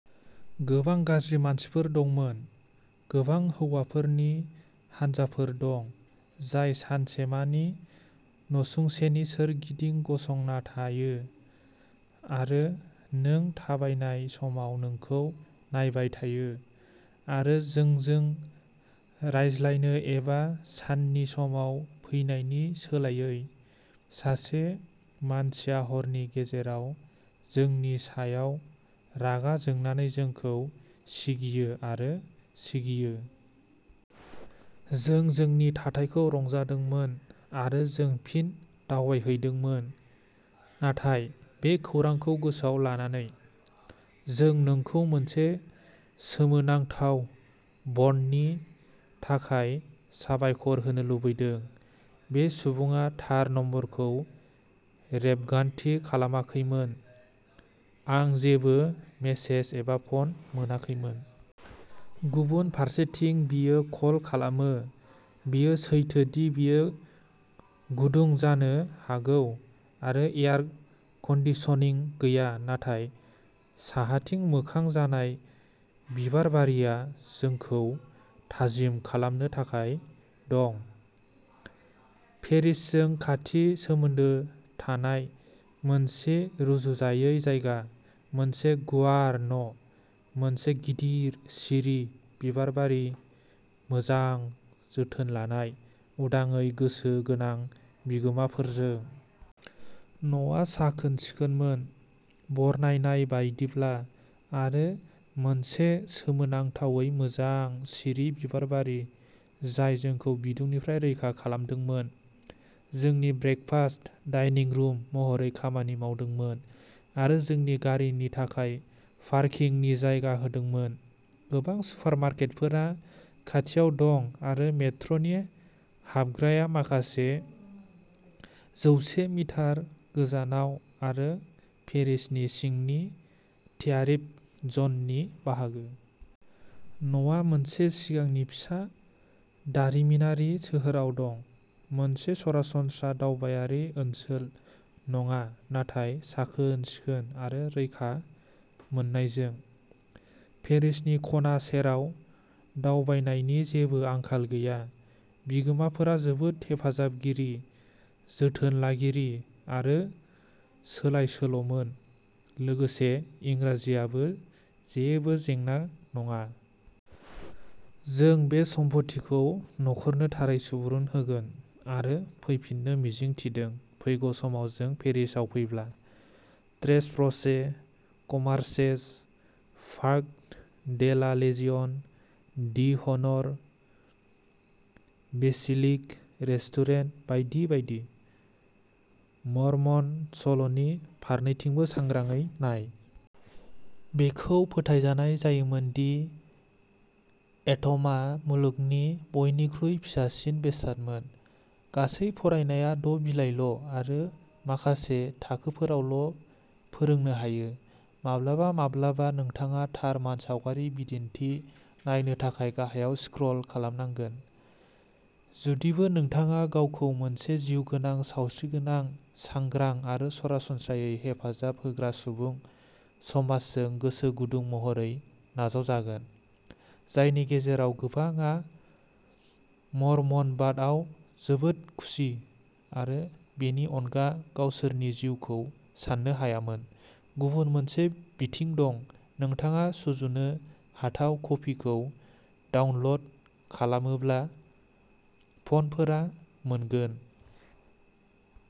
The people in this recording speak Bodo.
गोबां गाज्रि मानसिफोर दंमोन। गोबां हौवाफोरनि हानजाफोर दं, जाय सानसेमानि नसुंसेनि सोरगिदिं गसंना थायो आरो नों थाबायनाय समाव नोंखौ नायबाय थायो। आरो जोंजों रायज्लायनो एबा साननि समाव फैनायनि सोलायै, सासे मानसिया हरनि गेजेराव जोंनि सायाव रागा जोंनानै जोंखौ सिगियो आरो सिगियो। जों जोंनि थाथायखौ रंजादोंमोन आरो जों फिन दावबायहैदोंमोन नाथाय बे खौरांखौ गोसोआव लानानै। जों नोंखौ मोनसे सोमोनांथाव बन्दनि थाखाय साबायखर होनो लुबैदों। बे सुबुङा थार नम्बरखौ रेबगान्थि खालामाखैमोन, आं जेबो मेसेज एबा फ'न मोनाखैमोन। गुबुन फारसेथिं बियो कल खालामो। बेयो सैथो दि बेयो गुदुं जानो हागौ आरो एयार कन्दिसनिं गैया नाथाय साहाथिं मोखां जानाय बिबारबारिया जोंखौ थाजिम खालामनो थाखाय दं। पेरिसजों खाथि सोमोन्दो थानाय मोनसे रुजुजायै जायगा, मोनसे गुवार न', मोनसे गिदिर सिरि बिबारबारि मोजां जोथोन लानाय, उदाङै गोसो गोनां बिगोमाफोरजों। न'आ साखोन-सिखोनमोन, बरनायनाय बायदिब्ला आरो मोनसे सोमोनांथावै मोजां, सिरि बिबारबारि जाय जोंखौ बिदुंनिफ्राय रैखा खालामदोंमोन, जोंनि ब्रेकफास्ट/डाइनिं रुम महरै खामानि मावदोंमोन आरो जोंनि गारिनि थाखाय पार्किंनि जायगा होदोंमोन। गोबां सुपारमार्केटफोरा खाथियाव दं आरो मेट्र'नि हाबग्राया माखासे जौसे मिटार गोजानाव आरो पेरिसनि सिंनि ट्यारिफ जननि बाहागो। न'आ मोनसे सिगांनि फिसा दारिमिनारि सोहोराव दं। मोनसे सरासनस्रा दावबायारि ओनसोल नङा नाथाय साखोन-सिखोन आरो रैखा मोननायजों। पेरिसनि खना सेराव दावबायनायनि जेबो आंखाल गैया। बिगोमाफोरा जोबोद हेफाजाबगिरि, जोथोन लागिरि आरो सोलायसोल'मोन। लोगोसे इंराजिआबो जेबो जेंना नङा। जों बे सम्फथिखौ न'खरनो थारै सुबुरुन होगोन आरो फैफिननो मिजिं थिदों, फैगौ समाव जों पेरिसाव फैब्ला। ट्रेस प्र'चे कमार्सेस, Parc de la Legion d'Honneur, बेसिलिक रेस्टुरेन्ट बायदि बायदि।... मर्मन सल'नि फारनैथिंबो सांग्राङै नाय। बेखौ फोथायनाय जायोमोन दि एट'मआ मुलुगनि बयनिख्रुइ फिसासिन बेसादमोन। गासै फरायनाया द'बिलाइल'आरो माखासे थाखोफोरावल'फोरोंनो हायो। माब्लाबा माब्लाबा नोंथाङा थार मानसावगारि बिदिन्थि नायनो थाखाय गाहायाव स्क्रल खालामनांगोन। जुदिबो नोंथाङा गावखौ मोनसे जिउगोनां सावस्रिगोनां, सांग्रां आरो सरासनस्रायै हेफाजाब होग्रा सुबुं समाजजों गोसो गुदुं महरै नाजावजागोन, जायनि गेजेराव गोबांआ मर्मनबादआव जोबोद खुसि आरो बेनि अनगा गावसोरनि जिउखौ सान्नो हायामोन, गुबुन मोनसे बिथिं दंः नोंथाङा सुजुनो हाथाव कपिखौ डाउनल'ड खालामोब्ला, फन्टफोरा मोनगोन।